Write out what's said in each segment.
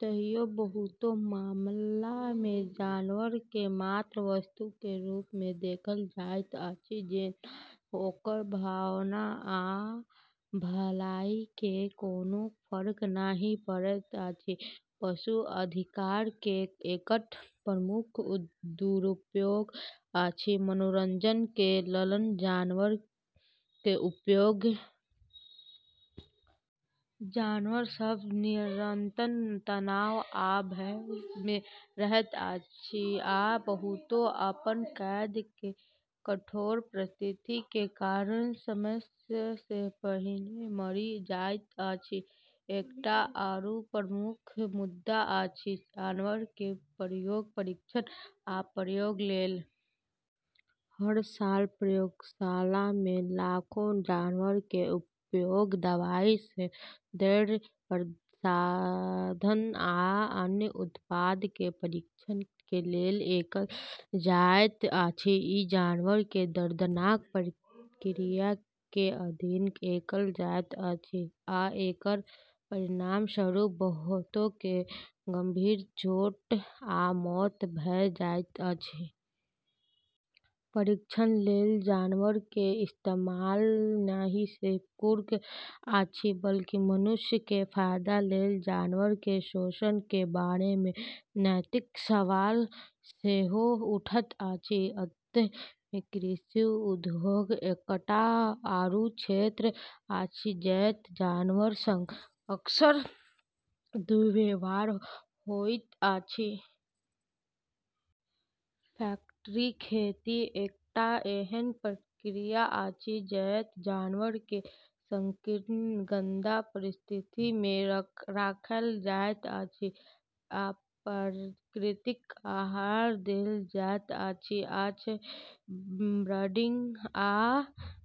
तइयो बहुतो मामला मे जानवर के मात्र वस्तु के रूप मे देखल जाएत अछि, जेना ओकर भावना आ भलाई के कोनो फर्क नहि पड़ैत अछि। पशु अधिकार के एकटा प्रमुख दुरुपयोग अछि मनोरंजन के लेल जानवर के उपयोग। जानवर सभ निरंतर तनाव आ भय मे रहैत अछि, आ बहुतो अपन कैद के कठोर परिस्थिति के कारण समय सँ पहिने मरि जाएत अछि। एकटा आरू प्रमुख मुद्दा अछि जानवर के उपयोग परीक्षण आ प्रयोग लेल। हर साल प्रयोगशाला मे लाखों जानवर के उपयोग दवाई, सौंदर्य प्रसाधन आ अन्य उत्पाद के परीक्षण के लेल कएल जाएत अछि। ई जानवर के दर्दनाक प्रक्रिया के अधीन कएल जाएत अछि, आ एकर परिणामस्वरूप बहुतो के गंभीर चोट आ मौत भ जाएत अछि। परीक्षण लेल जानवर के इस्तेमाल नहि सिर्फ क्रूर अछि, बल्कि मनुष्य के फायदा लेल जानवर के शोषण के बारे मे नैतिक सवाल सेहो उठैत अछि। अंत मे कृषि उद्योग एकटा आरू क्षेत्र अछि जतय जानवर संग अक्सर दुर्व्यवहार होइत अछि। फैक्ट्री खेती एकटा एहन प्रक्रिया अछि जतय जानवर के संकीर्ण, गंदा परिस्थिति मे राखल जाएत अछि, अप्राकृतिक आहार देल जाएत अछि, आ क्षय, ब्रांडिंग आ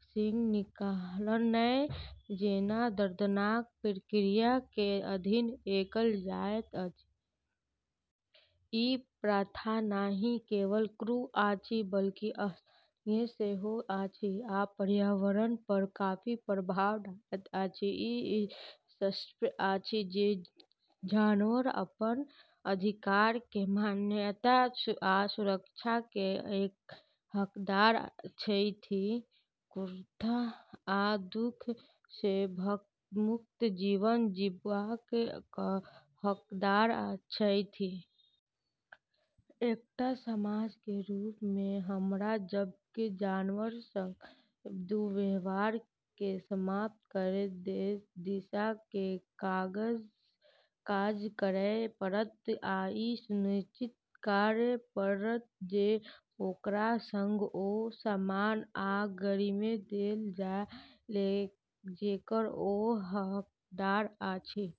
सींग निकालनाय जेना दर्दनाक प्रक्रिया के अधीन कएल जाएत अछि। ई प्रथा नहि केवल क्रूर अछि बल्कि असहनीय सेहो अछि आ पर्यावरण पर काफी प्रभाव डालैत अछि। ई स्पष्ट अछि जे जानवर अपन अधिकार के मान्यता आ सुरक्षा के हकदार छथि। क्रूरता आ दुख सँ मुक्त जीवन जीबाक हकदार छथि। एकटा समाज के रूप मे हमरा सब के जानवर संग दुर्व्यवहार के समाप्त करय के दिशा मे काज करय पड़त आ ई सुनिश्चित करय पड़त जे ओकरा संग ओ सम्मान आ गरिमा देल जाय जेकर ओ हकदार अछि।